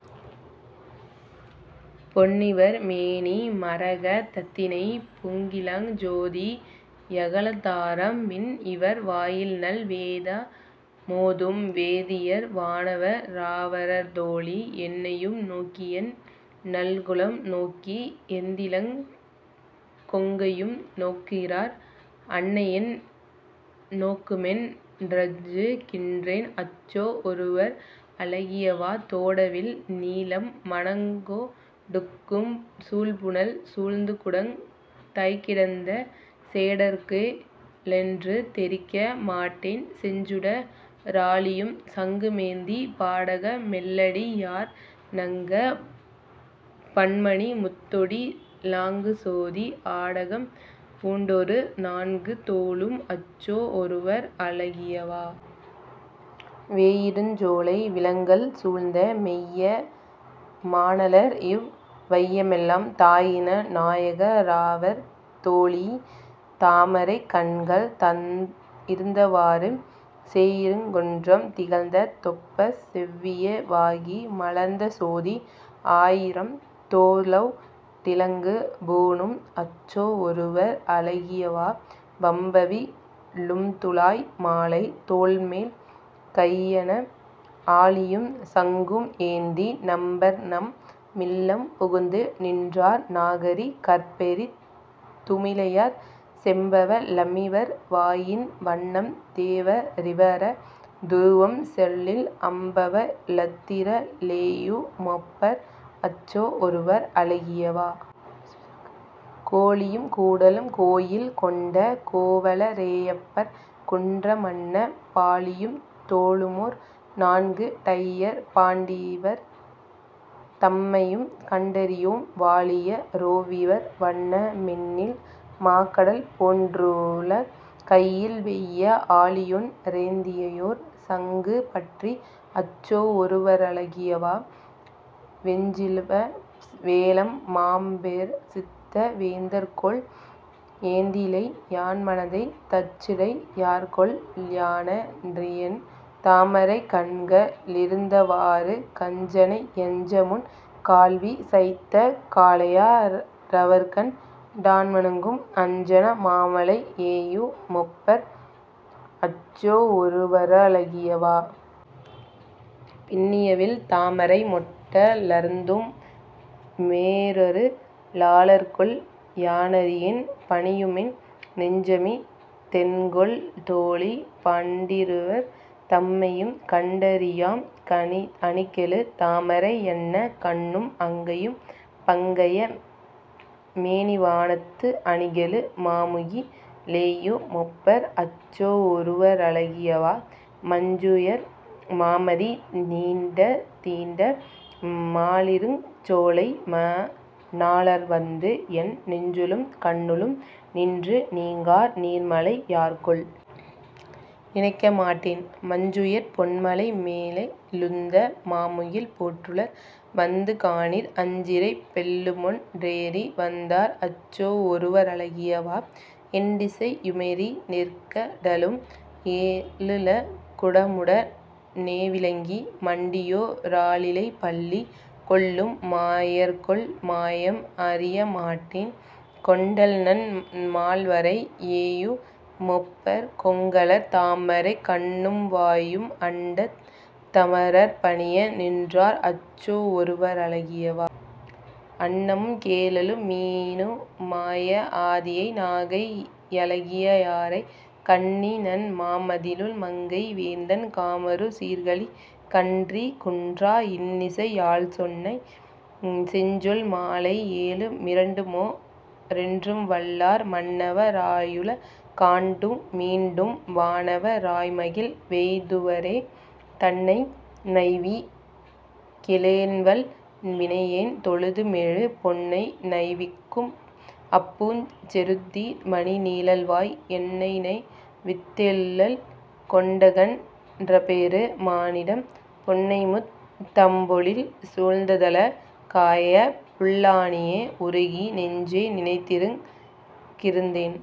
பொன்னிவர் மேனி மரக தத்தினை பொங்கிளஞ் சோதி யகலத்தாரம் மின் இவர் வாயில்நல் வேத மோதும் வேதியர் வானவ ராவரர்தோழீ, என்னையும் நோக்கியென் னல்குலும் நோக்கி ஏந்திளங் கொங்கையும் நோக்குகிறார் அன்னையென் னோக்குமென் றஞ்சு கின்றேன் அச்சோ ஒருவர் அழகியவா.. தோடவிழ் நீலம் மணங்கொ டுக்கும் சூழ்புனல் சூழ்துகுடந் தைக்கிடந்த சேடர்கே லென்று தெரிக்க மாட்டேன் செஞ்சுட ராழியும் சங்குமேந்தி பாடக மெல்லடி யார்வ ணங்கப் பன்மணி முத்தொடி லாங்குசோதி ஆடகம் பூண்டொரு நான்கு தோளும் அச்சோ ஒருவர் அழகியவா.. வேயிருஞ் சோலை விலங்கல் சூழ்ந்த மெய்ய மாணளர் இவ் வையமெல்லாம் தாயின நாயக ராவர் தோழீ. தாமரைக் கண்கள் இருந்தவாறு, சேயிருங் குன்றம் திகழ்ந்த தொப்பச் செவ்விய வாகி மலர்ந்தசோதி ஆயிரம் தோளொ டிலங்கு பூணும் அச்சோ ஒருவர் அழகியவா.. வம்பவி ழும்துழாய் மாலை தோள்மேல் கையன ஆழியும் சங்கும் ஏந்தி, நம்பர்நம் மில்லம் புகுந்து நின்றார் நாகரி கர்பெரி துமிளையர் செம்பவ ளமிவர் வாயின் வண்ணம் தேவ ரிவர துருவம்சொல்லில் அம்பவ ளத்திர ளேயு மொப்பர் அச்சோ ஒருவர் அழகியவா.. கோழியும் கூடலும் கோயில் கொண்ட கோவல ரேயெப்பர் குன்றமன்ன பாழியும் தோளுமோர் நான்கு டையர் பண்டிவர் தம்மையும் கண்டறியோம் வாழிய ரோவிவர் வண்ண மெண்ணில் மாகடல் போன்றுளர் கையில்வெய்ய, ஆழியொன் றேந்தியையோர் சங்கு பற்றி அச்சோவொருவரழகியவா.. வெஞ்சின வேழம் மாபொ சித்த வேந்தர்கொல் ஏந்திழை யார்மனத்தை தஞ்சுடை யாளர்கொல் யான றியேன் தாமரைக் கண்க ளிருந்தவாறு கஞ்சனை யஞ்சமுன் கால்வி சைத்த காளையா ரவர்கண் டார்வணங்கும் அஞ்சன மாமலை யேயு மொப்பர் அச்சோவொருவரழகியவா.. பிண்ணியவிழ் தாமரை மொட்ட லர்ந்தும் மேரரு ளாளர்கொல்? யானறியேன், பணியுமென் நெஞ்சமி தென்கொல் தோழீ. பண்டிருவர் தம்மையும் கண்டறியாம் அணிகெழு தாமரை யன்ன கண்ணும் அங்கையும் பங்கய மேனிவானத்து, அணிகெழு மாமுகி லேயு மொப்பர் அச்சோவொருவரழகியவா.. மஞ்சுயர் மாமதி தீண்ட நீண்ட மாலிருஞ் சோலைம ணாளர்வந்து என் நெஞ்சுள்ளும் கண்ணுள்ளும் நின்று நீங்கார் நீர்மலை யார்கொல்? நினைக்கமாட்டேன்? மஞ்சுயர் பொன்மலை மேலெ ழுந்த மாமுகில் போன்றுளர் வந்துகாணீர் அஞ்சிறைப் பெள்ளுமொன் றேறி வந்தார் அச்சோவொருவரழகியவா.. எண்டிசை யுமெறி நீர்க்க டலும் ஏழுல குடமுட னேவிழுங்கி மண்டியோ ராலிலைப் பள்ளி கொள்ளும் மாயர்கொல்? மாயம் அறியமாட்டேன் கொண்டல்நன் மால்வரை யேயு மொப்பர் கொங்கலர் தாமரைக் கண்ணும்வாயும் அண்டத் தமரர் பணிய நின்றார் அச்சோவொருவரழகியவா.. அன்னமும் கேழலும் மீனு மாய ஆதியை நாகை யழகியயாரை கன்னிநன் மாமதிள் மங்கை வேந்தன் காமரு சீர்க்கலி கன்றி குன்றா இன்னிசை யால்சொன்ன செஞ்சொல் மாலை ஏழு மிரண்டுமொ ரென்றும்வல்லார், மன்னவ ராயுல காண்டு மீண்டும் வானவ ராய்மகிழ் வெய்துவரே. தன்னை நைவிக் கிலேன்வல் வினையேன் தொழுதுமெழு பொன்னை நைவிக்கும் அப்பூஞ் செருந்தி மணிநீழல்வாய் என்னைநை வித்தெழல் கொண்டகன் றபெரு மானிடம், புன்னைமுத் தம்பொழில் சூழ்ந்தழ காய புல்லாணியே.. உருகி நெஞ்சே நினைத்திங் கிருந்தென்